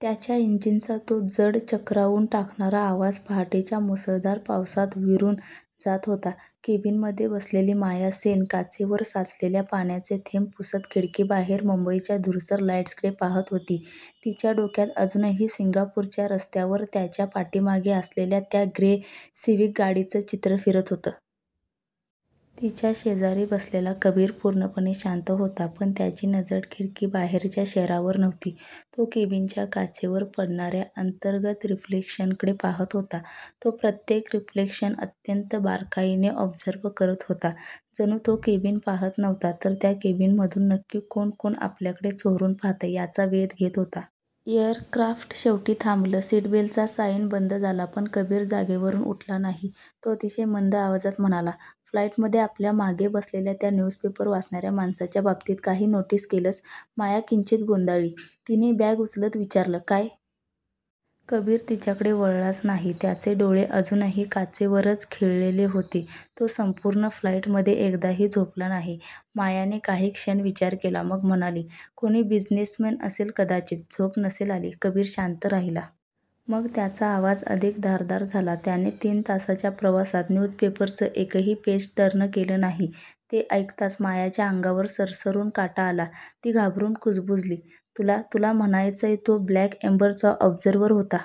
त्याच्या इंजिनचा तो जड, चक्रावून टाकणारा आवाज पहाटेच्या मुसळधार पावसात विरून जात होता. केबिनमध्ये बसलेली माया सेन काचेवर साचलेले पाण्याचे थेंब पुसत खिडकीबाहेर मुंबईच्या धूसर लाईट्सकडे पाहत होती. तिच्या डोक्यात अजूनही सिंगापूरच्या रस्त्यांवर त्यांच्या पाठीमागे असलेल्या त्या 'ग्रे सिव्हिक' गाडीचं चित्र फिरत होतं. तिच्या शेजारी बसलेला कबीर पूर्णपणे शांत होता. पण त्याची नजर खिडकीबाहेरच्या शहरावर नव्हती. तो केबिनच्या काचेवर पडणाऱ्या अंतर्गत रिफ्लेक्शन्सकडे पाहत होता. तो प्रत्येक रिफ्लेक्शन अत्यंत बारकाईने ऑब्झर्व्ह करत होता. जणू तो केबिन पाहत नव्हता, तर या केबिनमधून नक्की कोण-कोण आपल्याकडे चोरून पाहतंय, याचा वेध घेत होता. एअरक्राफ्ट शेवटी थांबलं. सीटबेल्टचा साईन बंद झाला. पण कबीर जागेवरून उठला नाही. तो अतिशय मंद, आवाजात म्हणाला, "फ्लाईटमध्ये आपल्या मागे बसलेल्या त्या न्यूजपेपर वाचणाऱ्या माणसाच्या बाबतीत काही नोटीस केलंस?" माया किंचित गोंधळली, तिने बॅग उचलत विचारलं, "काय? " कबीर तिच्याकडे वळलाच नाही, त्याचे डोळे अजूनही काचेवरच खिळलेले होते. "तो संपूर्ण फ्लाईटमध्ये एकदाही झोपला नाही." मायाने काही क्षण विचार केला, मग म्हणाली, "कोणी बिझनेसमन असेल कदाचित. झोप नसेल आली. " कबीर शांत राहिला. मग त्याचा आवाज अधिक धारदार झाला, "त्याने तीन तासांच्या प्रवासात न्यूजपेपरचं एकही पेज टर्न केलं नाही." ते ऐकताच मायाच्या अंगावर सरसरून काटा आला. ती घाबरून कुजबुजली, "तुला तुला म्हणायचंय तो ब्लॅक एम्बरचा ऑब्झर्वर होता?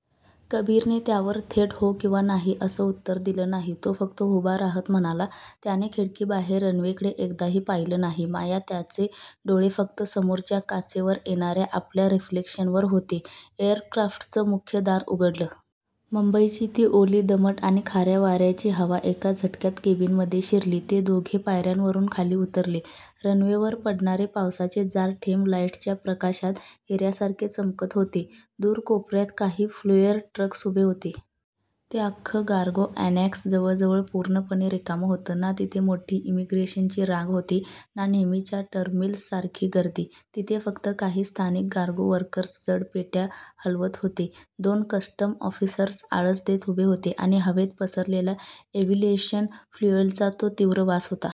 " कबीरने त्यावर थेट हो किंवा नाही असं उत्तर दिलं नाही. तो फक्त उभा राहत म्हणाला "त्याने खिडकीबाहेर रनवेकडे एकदाही पाहिलं नाही, माया त्याचे डोळे फक्त समोरच्या काचेवर येणाऱ्या आपल्या रिफ्लेक्शन्सवर होते." एअरक्राफ्टचं मुख्य दार उघडलं. मुंबईची ती ओली, दमट आणि खाऱ्या वाऱ्याची हवा एका झटक्यात केबिनमध्ये शिरली. ते दोघे पायऱ्यांवरून खाली उतरले. रनवेवर पडणारे पावसाचे जाड थेंब लाईट्सच्या प्रकाशात हिऱ्यांसारखे चमकत होते. दूर कोपऱ्यात काही फ्युएल ट्रक्स उभे होते. ते अख्खं कार्गो अॅनेक्स जवळजवळ पूर्णपणे रिकामं होतं. ना तिथे मोठी इमिग्रेशनची रांग होती, ना नेहमीच्या टर्मिनल्ससारखी गर्दी. तिथे फक्त काही स्थानिक कार्गो वर्कर्स जड पेट्या हलवत होते. दोन कस्टम्स ऑफिसर्स आळस देत उभे होते आणि हवेत पसरलेला एव्हिएशन फ्युएलचा तो तीव्र वास होता.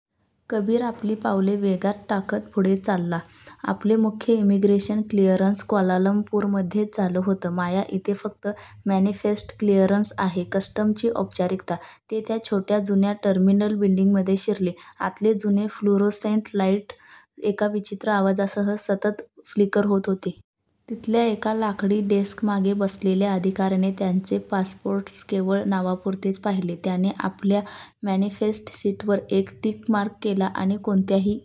कबीर आपले पावले वेगात टाकत पुढे चालला, "आपलं मुख्य इमिग्रेशन क्लिअरन्स क्वालालंपूरमध्येच झालं होतं, माया इथे फक्त मॅनिफेस्ट क्लिअरन्स आहे. कस्टम्सची औपचारिकता." ते त्या छोट्या, जुन्या टर्मिनल बिल्डिंगमध्ये शिरले. आतले जुने फ्लुरोसेंट लाईट्स एका विचित्र आवाजासह सतत फ्लिकर होत होते. तिथल्या एका लाकडी डेस्कमागे बसलेल्या अधिकाऱ्याने त्यांचे पासपोर्ट्स केवळ नावापुरते पाहिले. त्याने आपल्या मॅनिफेस्ट शीटवर एक टिक मार्क केला आणि कोणत्याही